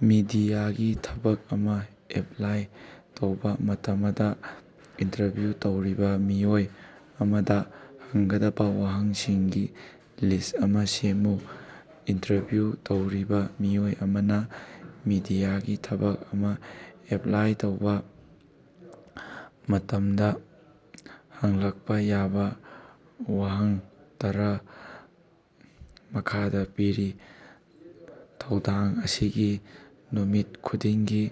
ꯃꯤꯗꯤꯌꯥꯒꯤ ꯊꯕꯛ ꯑꯃ ꯑꯦꯞꯂꯥꯏ ꯇꯧꯕ ꯃꯇꯃꯗ ꯏꯟꯇꯔꯚ꯭ꯌꯨ ꯇꯧꯔꯤꯕ ꯃꯤꯑꯣꯏ ꯑꯃꯗ ꯍꯪꯒꯗꯕ ꯋꯥꯍꯪꯁꯤꯡꯒꯤ ꯂꯤꯁ ꯑꯃ ꯁꯦꯝꯃꯨ꯫ ꯏꯟꯇꯔꯚ꯭ꯌꯨ ꯇꯧꯔꯤꯕ ꯃꯤꯑꯣꯏ ꯑꯃꯅ ꯃꯤꯗꯤꯌꯥꯒꯤ ꯊꯕꯛ ꯑꯃ ꯑꯦꯞꯂꯥꯏ ꯇꯧꯕ ꯃꯇꯝꯗ ꯍꯪꯂꯛꯄ ꯌꯥꯕ ꯋꯥꯍꯪ ꯇꯔ ꯃꯈꯥꯗ ꯄꯤꯔꯤ꯫ ꯊꯧꯗꯥꯡ ꯑꯁꯤꯒꯤ ꯅꯨꯃꯤꯠ ꯈꯨꯗꯤꯡꯒꯤ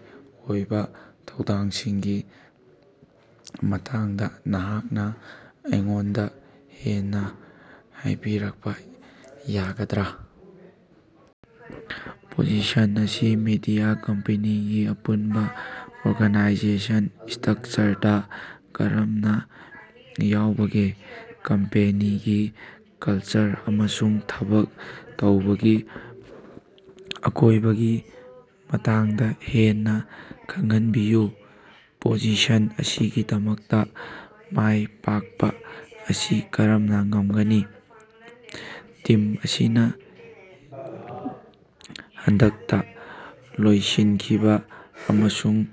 ꯑꯣꯏꯕ ꯊꯧꯗꯥꯡꯁꯤꯡꯒꯤ ꯃꯇꯥꯡꯗ ꯅꯍꯥꯛꯅ ꯑꯩꯉꯣꯟꯗ ꯍꯦꯟꯅ ꯍꯥꯏꯕꯤꯔꯛꯄ ꯌꯥꯒꯗ꯭ꯔꯥ? ꯄꯣꯖꯤꯁꯟ ꯑꯁꯤ ꯃꯦꯗꯤꯌꯥ ꯀꯝꯄꯦꯅꯤꯒꯤ ꯑꯄꯨꯟꯕ ꯑꯣꯔꯒꯅꯥꯏꯖꯦꯁꯅꯦꯜ ꯁ꯭ꯇꯔꯀꯛꯆꯔꯗ ꯀꯔꯝꯅ ꯌꯥꯎꯕꯒꯦ? ꯀꯝꯄꯦꯅꯤꯒꯤ ꯀꯜꯆꯔ ꯑꯃꯁꯨꯡ ꯊꯕꯛ ꯇꯧꯕꯒꯤ ꯑꯀꯣꯏꯕꯒꯤ ꯃꯇꯥꯡꯗ ꯍꯦꯟꯅ ꯈꯪꯍꯟꯕꯤꯌꯨ? ꯄꯣꯖꯤꯁꯟ ꯑꯁꯤꯒꯤꯗꯃꯛꯇ ꯃꯥꯏ ꯄꯥꯛꯄ ꯑꯁꯤ ꯀꯔꯝꯅ ꯉꯝꯒꯅꯤ? ꯇꯤꯝ ꯑꯁꯤꯅ ꯍꯟꯗꯛꯇ ꯂꯣꯏꯁꯤꯟꯈꯤꯕ ꯑꯃꯁꯨꯡ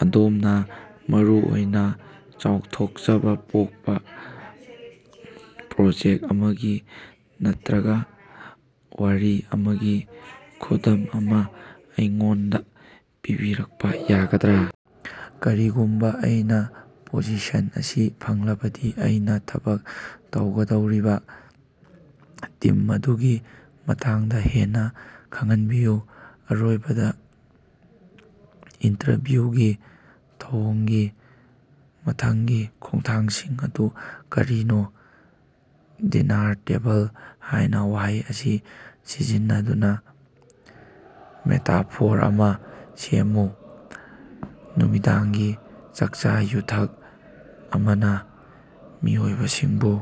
ꯑꯗꯣꯝꯅ ꯃꯔꯨꯑꯣꯏꯅ ꯆꯥꯎꯊꯣꯛꯆꯕ ꯄꯣꯛꯄ ꯄ꯭ꯔꯣꯖꯦꯛ ꯑꯃꯒꯤ ꯅꯠꯇ꯭ꯔꯒ ꯋꯥꯔꯤ ꯑꯃꯒꯤ ꯈꯨꯗꯝ ꯑꯃ ꯑꯩꯉꯣꯟꯗ ꯄꯤꯕꯤꯔꯛꯄ ꯌꯥꯒꯗ꯭ꯔꯥ? ꯀꯔꯤꯒꯨꯝꯕ ꯑꯩꯅ ꯄꯣꯖꯤꯁꯟ ꯑꯁꯤ ꯐꯪꯂꯕꯗꯤ ꯑꯩꯅ ꯊꯕꯛ ꯇꯧꯒꯗꯧꯔꯤꯕ ꯇꯤꯝ ꯑꯗꯨꯒꯤ ꯃꯇꯥꯡꯗ ꯍꯦꯟꯅ ꯈꯪꯍꯟꯕꯤꯌꯨ? ꯑꯔꯣꯏꯕꯗ, ꯏꯟꯇꯔꯚ꯭ꯌꯨꯒꯤ ꯊꯧꯑꯣꯡꯒꯤ ꯃꯊꯪꯒꯤ ꯈꯣꯡꯊꯥꯡꯁꯤꯡ ꯑꯗꯨ ꯀꯔꯤꯅꯣ? ꯗꯤꯅꯥꯔ ꯇꯦꯕꯜ ꯍꯥꯏꯕ ꯋꯥꯍꯩ ꯑꯁꯤ ꯁꯤꯖꯤꯟꯅꯗꯨꯅ ꯃꯦꯇꯥꯐꯣꯔ ꯑꯃ ꯁꯦꯝꯃꯨ꯫ ꯅꯨꯃꯤꯗꯥꯡꯒꯤ ꯆꯥꯀꯆꯥ-ꯌꯨꯊꯛ ꯑꯃꯅ ꯃꯤꯑꯣꯏꯁꯤꯡꯕꯨ